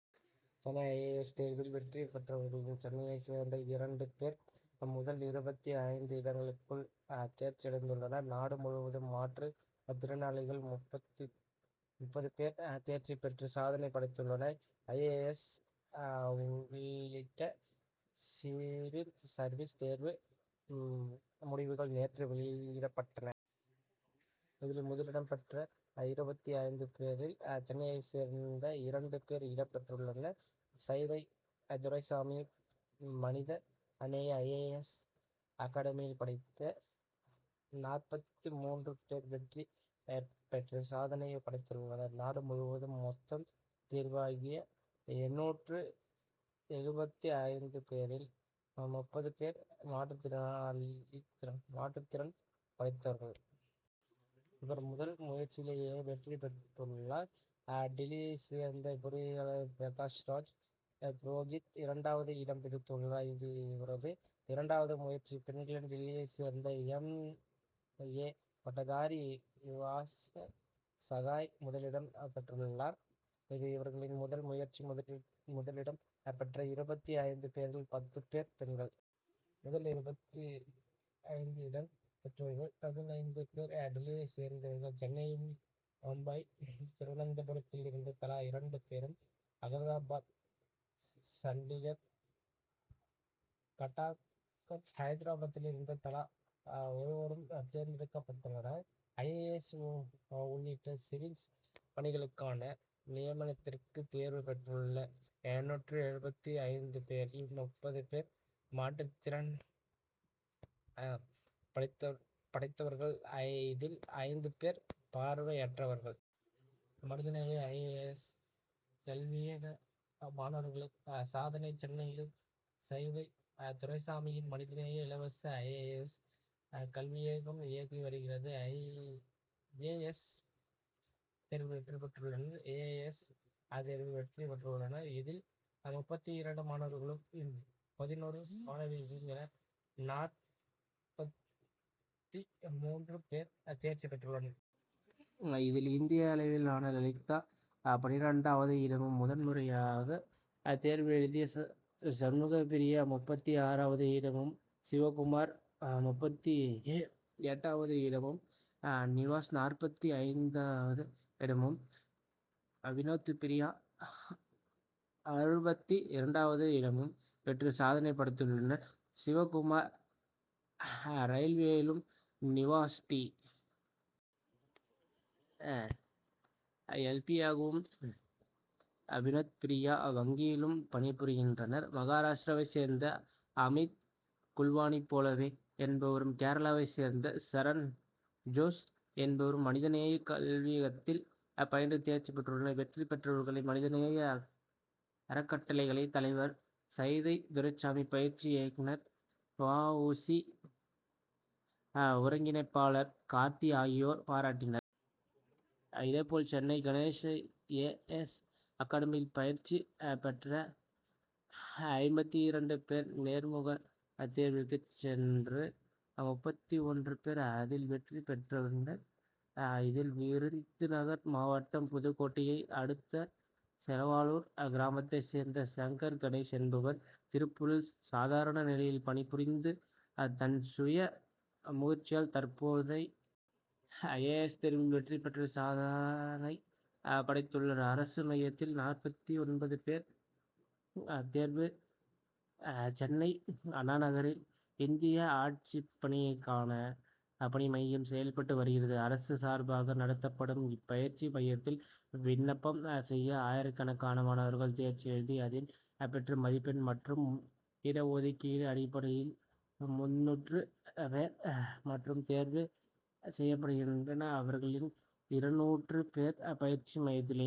Chennai I. A. S. தேர்வில் வெற்றி பெற்றவர்களில் சென்னையைச் சேர்ந்த இரண்டு பேர் முதல் இருபத்தி ஐந்து இடங்களுக்குள் தேர்ச்சியடைந்துள்ளனர். நாடு முழுவதும் மாற்றுத் திறனாளிகள் முப்பது பேர் தேர்ச்சி பெற்று சாதனை படைத்துள்ளனர். ஐ. ஏ. எஸ். உள்ளிட்ட சிவில் சர்வீஸ் தேர்வு முடிவுகள் நேற்று வெளியிடப்பட்டன. இதில் முதலிடம் பெற்ற இருபத்தி ஐந்து பேரில் சென்னையைச் சேர்ந்த இரண்டு பேர் இடம் பெற்றுள்ளனர். சைதை துரைசாமி மனித நேய ஐ. ஏ. எஸ். அகடமியில் படித்த நாற்பத்தி மூன்று பேர் வெற்றி பெற்று சாதனை படைத்துள்ளனர். நாடு முழுவதும் மொத்தம் தேர்வாகிய எண்ணூற்று எழுபத்தி ஐந்து பேரில் முப்பது பேர் மாற்றுத்திறன் படைத்தவர்கள். இவர் முதல் முயற்சியிலேயே வெற்றி பெற்றுள்ளார். டில்லியைச் சேர்ந்த பொறியாளர் பிரகாஷ் ராஜ் புரோகித் இரண்டாவது இடம் பிடித்துள்ளார். இது இவரது இரண்டாவது முயற்சி. பெண்களில் டில்லியைச் சேர்ந்த எம். ஏ. பட்டதாரி இவா சகாய் முதலிடம் பெற்றுள்ளார். இது இவரின் முதல் முயற்சி. முதலிடம் பெற்ற இருபத்தி ஐந்து பேரில் பத்து பேர் பெண்கள். முதல் இருபத்தி ஐந்து இடம் பெற்றவர்களில் பதினைந்து பேர் டில்லியைச் சேர்ந்தவர்கள். சென்னை மும்பை திருவனந்தபுரத்தில் இருந்து தலா இரண்டு பேரும் அலகாபாத் சண்டிகர் கட்டாக் ஐதராபாத்தில் இருந்து தலா ஒருவரும் தேர்ந்தெடுக்கப்பட்டுள்ளனர். ஐ. ஏ. எஸ். உள்ளிட்ட சிவில் பணிகளுக்கான நியமனத்திற்கு தேர்வு பெற்றுள்ள எண்ணூற்று எழுபத்தி ஐந்து பேரில் முப்பது பேர் மாற்றுத்திறன் படைத்தவர்கள் படைத்தவர்கள் இதில் ஐந்து பேர் பார்வையற்றவர்கள். மனித நேய ஐ. ஏ. எஸ். கல்வியக மாணவர்கள் சாதனை சென்னையில் சைதை துரைசாமியின் மனிதநேயம் இலவச ஐ. ஏ. எஸ். கல்வியகம் இயங்கி வருகிறது. ஏ. எஸ். தேர்வில் வெற்றி பெற்றுள்ளனர். ஏ. எஸ். தேர்வில் வெற்றி பெற்றுள்ளனர். இதில் முப்பத்தி இரண்டு மாணவர்களும் பதினொரு மாணவியர் என நாற்பத்தி மூன்று பேர் தேர்ச்சி பெற்றுள்ளனர். இதில் இந்திய அளவில் லலிதா பன்னிரண்டாவது இடமும் முதன் முறையாக தேர்வெழுதிய சண்முகப் பிரியா முப்பத்தி ஆறாவது இடமும் சிவகுமார் முப்பத்தி எட்டாவது இடமும் நிவாஸ் நாற்பத்தி ஐந்தாவது இடமும் வினோத்பிரியா அறுபத்தி இரண்டாவது இடமும் பெற்று சாதனை படைத்துள்ளனர். சிவகுமார் ரயில்வேயிலும் நிவாஸ் டி. எஸ். பி.யாகவும் வினோத்பிரியா வங்கியிலும் பணிபுரிகின்றனர். மகாராஷ்டிராவைச் சேர்ந்த அமித் குல்வானி போலே என்பவரும் கேரளாவைச் சேர்ந்த சரண் ஜோஸ் என்பவரும் மனித நேய கல்வியகத்தில் பயின்று தேர்ச்சி பெற்றுள்ளனர். வெற்றி பெற்றவர்களை மனித நேய அறக்கட்டளைத் தலைவர் சைதை துரைசாமி பயிற்சி இயக்குனர் வாவூசி ஒருங்கிணைப்பாளர் கார்த்திக் ஆகியோர் பாராட்டினர். இதே போல் Chennai Ganesh I. A. S. அகடமியில் பயிற்சி பெற்ற ஐம்பத்தி இரண்டு பேர் நேர்முகத் தேர்விற்கு சென்று முப்பத்தி ஒன்று பேர் அதில் வெற்றி பெற்றுள்ளனர். இதில் விருதுநகர் மாவட்டம் புதுக்கோட்டையை அடுத்த செவலூர் கிராமத்தைச் சேர்ந்த சங்கர் கணேஷ் என்பவர் திருப்பூரில் சாதாரண நிலையில் பணி புரிந்து தன் சுய முயற்சியால் தற்போது ஐ. I A. எஸ். தேர்வில் வெற்றி பெற்று சாதனை படைத்துள்ளார். அரசு மையத்தில் நாற்பத்தி ஒன்பது பேர் தேர்வு சென்னை அண்ணாநகரில் இந்திய ஆட்சிப் பணிக்கான பயிற்சி மையம் செயல்பட்டு வருகிறது. அரசு சார்பாக நடத்தப்படும் இப்பயிற்சி மையத்தில் விண்ணப்பம் செய்த ஆயிரக்கணக்கான மாணவர்களில் தேர்வு எழுதி அதில் பெற்ற மதிப்பெண் மற்றும் இட ஒதுக்கீடு அடிப்படையில் முந்நூறு பேர் மட்டும் தேர்வு செய்யப்படுகின்றனர். அவர்களில் இருநூறு பேருக்கு பயிற்சி மையத்திலேயே